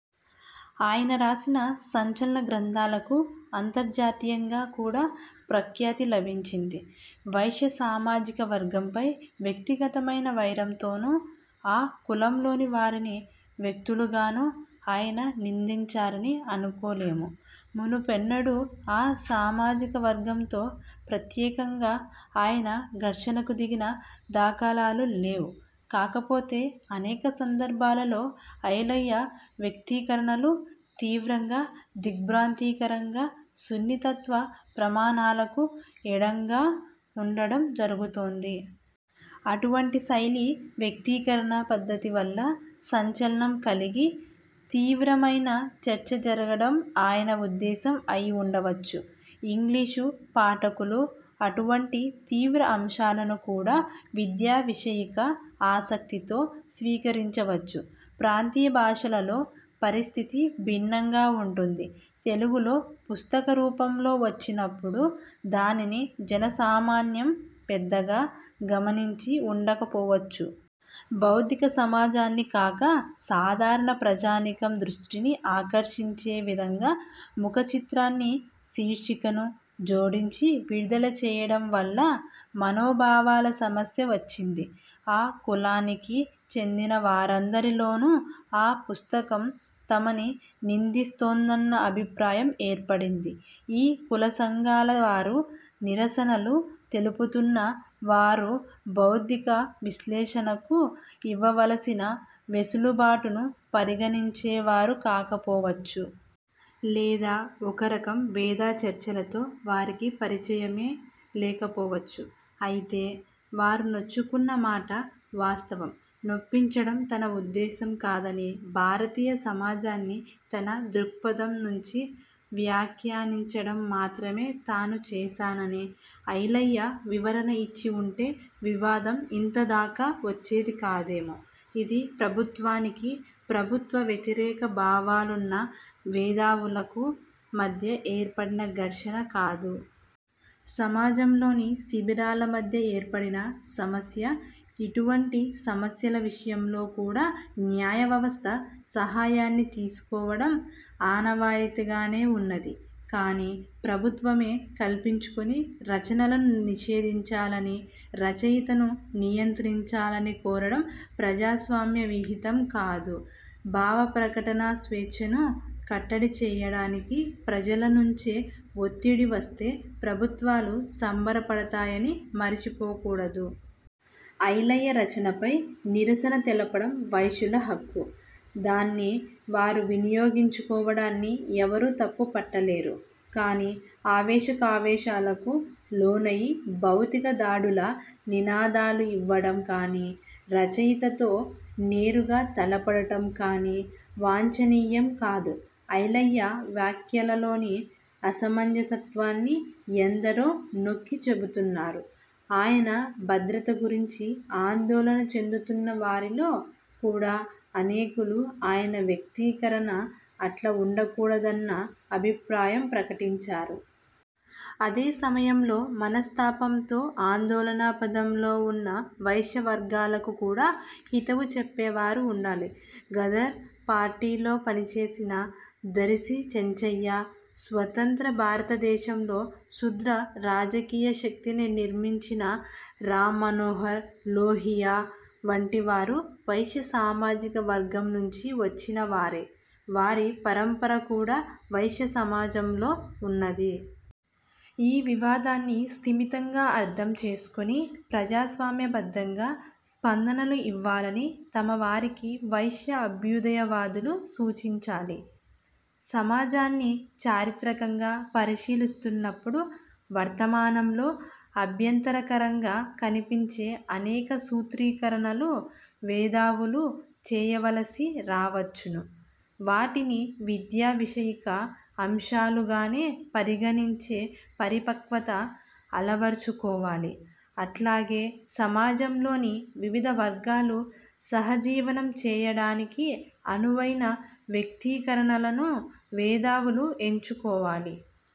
ఆయన రాసిన సంచలన గ్రంథాలకు అంతర్జాతీయంగా కూడా ప్రఖ్యాతి లభించింది. వైశ్య సామాజిక వర్గంపై వ్యక్తిగతమైన వైరంతోనో, ఆ కులంలోని వారిని వ్యక్తులుగానో ఆయన నిందించారని అనుకోలేము. మునుపు ఎన్నడూ ఆ సామాజిక వర్గంతో ప్రత్యేకంగా ఆయన ఘర్షణకు దిగిన దాఖలాలు లేవు. కాకపోతే, అనేక సందర్భాలలో ఐలయ్య వ్యక్తీకరణలు తీవ్రంగా, దిగ్ర్భాంతికరంగా, సున్నితత్వ ప్రమాణాలకు ఎడంగా ఉండడం జరుగుతోంది. అటువంటి శైలి, వ్యక్తీకరణ పద్ధతి వల్ల సంచలనం కలిగి, తీవ్రమయిన చర్చ జరగడం ఆయన ఉద్దేశం అయి ఉండవచ్చు. ఇంగ్లీషు పాఠకులు అటువంటి తీవ్ర అంశాలను కూడా విద్యావిషయిక ఆసక్తితో స్వీకరించవచ్చు. ప్రాంతీయభాషలలో పరిస్థితి భిన్నంగా ఉంటుంది. తెలుగులో పుస్తకరూపంలో వచ్చినప్పుడు దానిని జనసామాన్యం పెద్దగా గమనించి ఉండకపోవచ్చు. బౌద్ధిక సమాజాన్ని కాక, సాధారణ ప్రజానీకం దృష్టిని ఆకర్షించే విధంగా ముఖచిత్రాన్ని, శీర్షికను జోడించి విడుదల చేయడం వల్ల, మనోభావాల సమస్య వచ్చింది. ఆ కులానికి చెందిన వారందరిలోనూ, ఆ పుస్తకం తమని నిందిస్తోందన్న అభిప్రాయం ఏర్పడింది. ఈ కులసంఘాల వారు, నిరసనలు తెలుపుతున్న వారు బౌద్ధిక విశ్లేషణలకు ఇవ్వవలసిన వెసులుబాటును పరిగణించేవారు కాకపోవచ్చు. లేదా ఒకరకం మేధాచర్చలతో వారికి పరిచయమే లేకపోవచ్చు. అయితే, వారు నొచ్చుకున్న మాట వాస్తవం. నొప్పించడం తన ఉద్దేశం కాదని, భారతీయ సమాజాన్ని తన దృక్పథం నుంచి వ్యాఖ్యానించడం మాత్రమే తాను చేశానని ఐలయ్య వివరణ ఇచ్చి ఉంటే వివాదం ఇంతదాకా వచ్చేది కాదేమో? ఇది ప్రభుత్వానికి, ప్రభుత్వ వ్యతిరేక భావాలున్న మేధావులకు మధ్య ఏర్పడిన ఘర్షణ కాదు. సమాజంలోని శిబిరాల మధ్య ఏర్పడిన సమస్య. ఇటువంటి సమస్యల విషయంలో కూడా న్యాయవ్యవస్థ సహాయాన్ని తీసుకోవడం ఆనవాయితీగానే ఉన్నది. కానీ, ప్రభుత్వమే కల్పించుకుని రచనలను నిషేధించాలని, రచయితను నియంత్రించాలని కోరడం ప్రజాస్వామ్య విహితం కాదు. భావప్రకటనాస్వేచ్ఛను కట్టడి చేయడానికి ప్రజల నుంచే ఒత్తిడి వస్తే, ప్రభుత్వాలు సంబరపడతాయని మరచిపోకూడదు. ఐలయ్య రచనపై నిరసన తెలపడం వైశ్యుల హక్కు, దాన్ని వారు వినియోగించుకోవడాన్ని ఎవరూ తప్పు పట్టలేరు. కానీ, ఆవేశకావేశాలకు లోనయి భౌతిక దాడుల నినాదాలు యివ్వడం కానీ, రచయితతో నేరుగా తలపడడం కానీ వాంఛనీయం కాదు. ఐలయ్య వ్యాఖ్యలలోని అసమంజసత్వాన్ని ఎందరో నొక్కి చెబుతున్నారు. ఆయన భద్రత గురించి ఆందోళన చెందుతున్న వారిలో కూడా అనేకులు ఆయన వ్యక్తీకరణ అట్లా ఉండకూడదన్న అభిప్రాయం ప్రకటించారు. అదే సమయంలో, మనస్తాపంతో ఆందోళనాపథంలో ఉన్న వైశ్యవర్గాలకు కూడా హితవు చెప్పేవారు ఉండాలి. గదర్ పార్టీలో పనిచేసిన దరిశి చెంచయ్య, స్వతంత్ర భారతదేశంలో శూద్ర రాజకీయ శక్తిని నిర్మించిన రామ్మనోహర్ లోహియా వంటి వారు వైశ్య సామాజిక వర్గం నుంచి వచ్చినవారే. వారి పరంపర కూడా వైశ్యసమాజంలో ఉన్నది. ఈ వివాదాన్ని స్థిమితంగా అర్థం చేసుకుని, ప్రజాస్వామ్య బద్ధంగా స్పందనలు ఇవ్వాలని తమ వారికి వైశ్య అభ్యుదయవాదులు సూచించాలి. సమాజాన్ని చారిత్రకంగా పరిశీలిస్తున్నప్పుడు, వర్తమానంలో అభ్యంతరకరంగా కనిపించే అనేక సూత్రీకరణలు మేధావులు చేయవలసి రావచ్చును. వాటిని విద్యావిషయిక అంశాలుగానే పరిగణించే పరిపక్వత అలవరచుకోవాలి. అట్లాగే, సమాజంలోని వివిధ వర్గాలు సహజీవనం చేయడానికి అనువైన వ్యక్తీకరణలను మేధావులు ఎంచుకోవాలి.